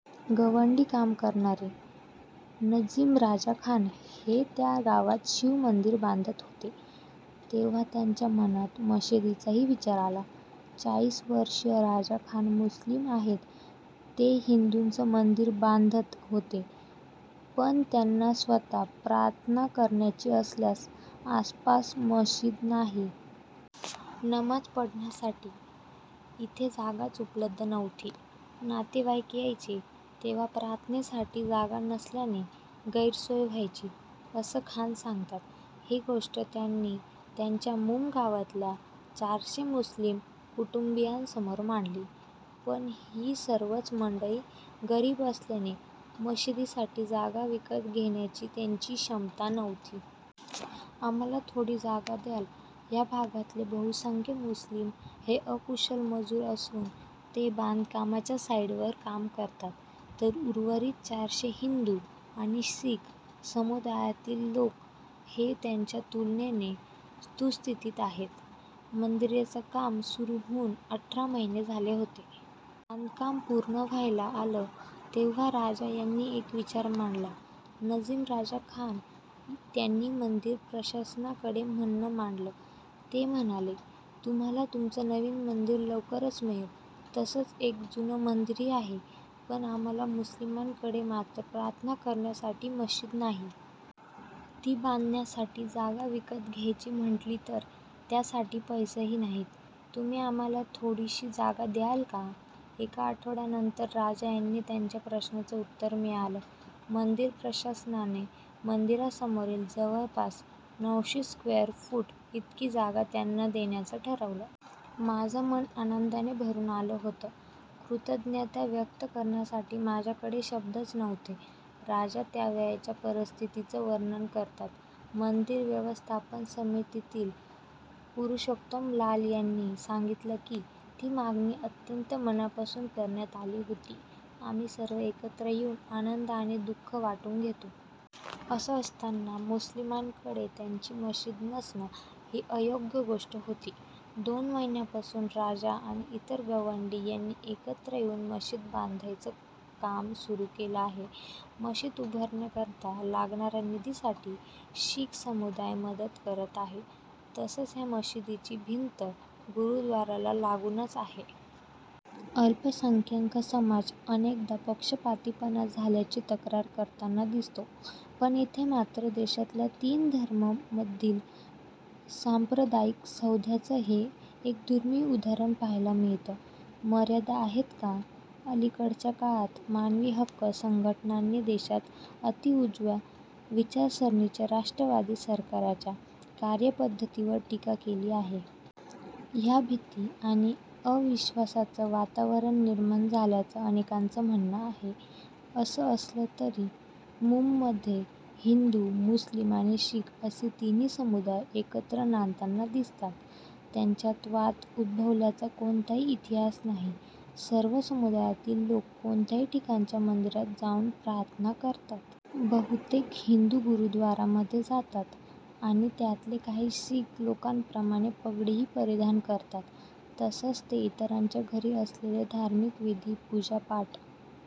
गवंडी काम करणारे नजीम राजा खान हे त्या गावात शिव मंदिर बांधत होते. तेव्हा त्यांच्या मनात मशिदीचाही विचार आला. चाळीस वर्षीय राजा खान मुस्लीम आहेत. ते हिंदूचं मंदिर बांधत होते. पण त्यांना स्वत: प्रार्थना करायची असल्यास आसपास मशीद नाही. नमाज पढण्यासाठी इथे जागाच उपलब्ध नव्हती. नातेवाईक यायचे तेव्हा प्रार्थनेसाठी जागा नसल्यानं गैरसोय व्हायची, असं खान सांगतात. ही गोष्ट त्यांनी त्यांच्या मूम गावातल्या चारशे मुस्लीम कुटुंबीयांसमोर मांडली. पण ही सर्वच मंडळी गरीब असल्यानं मशिदीसाठी जागा विकत घेण्याची त्यांची क्षमता नव्हती. आम्हाला थोडी जागा द्याल? या भागातले बहुसंख्य मुस्लीम हे अकुशल मजूर असून ते बांधकामाच्या साईटवर काम करतात. तर उर्वरित चारशे हिंदू आणि शीख समुदायातील लोक हे त्यांच्या तुलनेनं सुस्थितीत आहेत. मंदिराचं काम सुरू होऊन अठरा महीने झाले होते. बांधकाम पूर्ण व्हायला आलं तेव्हा राजा यांनी एक विचार मांडला. नजीम राजा खान त्यांनी मंदिर प्रशासनाकडे म्हणणं मांडंलं. ते म्हणाले, तुम्हाला तुमचं नवीन मंदिर लवकरच मिळेल. तसंच एक जुनं मंदिरही आहे. पण आम्हा मुस्लिमांकडे मात्र प्रार्थना करण्यासाठी मशीद नाही. ती बांधण्यासाठी जागा विकत घ्यायची म्हटली तर त्यासाठी पैसेही नाहीत. तुम्ही आम्हाला थोडीशी जागा द्याल का? एका आठवड्यानंतर राजा यांना त्यांच्या प्रश्नाचं उत्तर मिळालं. मंदिर प्रशासनानं मंदिरासमोरील जवळपास नऊशे स्क्वेअर फूट इतकी जागा त्यांना देण्याचं ठरवलं. माझं मन आनंदानं भरून आलं होतं. कृतज्ञता व्यक्त करण्यासाठी माझ्याकडे शब्दच नव्हते, राजा त्यावेळच्या परिस्थितीचं वर्णन करतात. मंदिर व्यवस्थापन समितीतील पुरषोत्तम लाल यांनी सांगितलं की, ती मागणी अत्यंत मनापासून करण्यात आली होती. आम्ही सर्व एकत्र येऊन आनंद आणि दु:ख वाटून घेतो. असं असताना मुस्लिमांकडे त्यांची मशीद नसणं, ही अयोग्य गोष्ट होती. दोन महिन्यांपासून राजा आणि इतर गवंडी यांनी एकत्र येऊन मशीद बांधण्याचं काम सुरू केलं आहे. मशीद उभारण्याकरता लागणाऱ्या निधीसाठी शीख समुदाय मदत करत आहे, तसंच या मशिदीची भिंत गुरुद्वाराला लागूनच आहे. अल्पसंख्याक समाज अनेकदा पक्षपातीपणा झाल्याची तक्रार करताना दिसतो. पण इथे मात्र देशातल्या तीन धर्मांमधील सांप्रदायिक सौहर्दाचं हे एक दुर्मीळ उदाहरण पाहायला मिळतं. मर्यादा आहेत का? अलिकडच्या काळात, मानवी हक्क संघटनांनी देशात अती उजव्या विचारसरणीच्या राष्ट्रवादी सरकारांच्या कार्यपध्दतीवर टीका केली आहे. यामुळे भीती आणि अविश्वासाचं वातावरण निर्माण झाल्याचं अनेकांचं म्हणणं आहे. असं असलं तरी, मूममध्ये हिंदू, मुस्लीम आणि शीख असे तिन्ही समुदाय एकत्र नांदताना दिसतात. त्यांच्यात वाद उद्भवल्याचा कोणताही इतिहास नाही. सर्व समुदायातील लोक कोणत्याही ठिकाणच्या मंदिरात जाऊन प्रार्थना करतात. बहुतेक हिंदू गुरुद्वारामध्ये जातात आणि त्यातले काही शीख लोकांप्रमाणे पगडीही परिधान करतात. तसंच ते इतरांच्या घरी असलेले धार्मिक विधी, पूजापाठ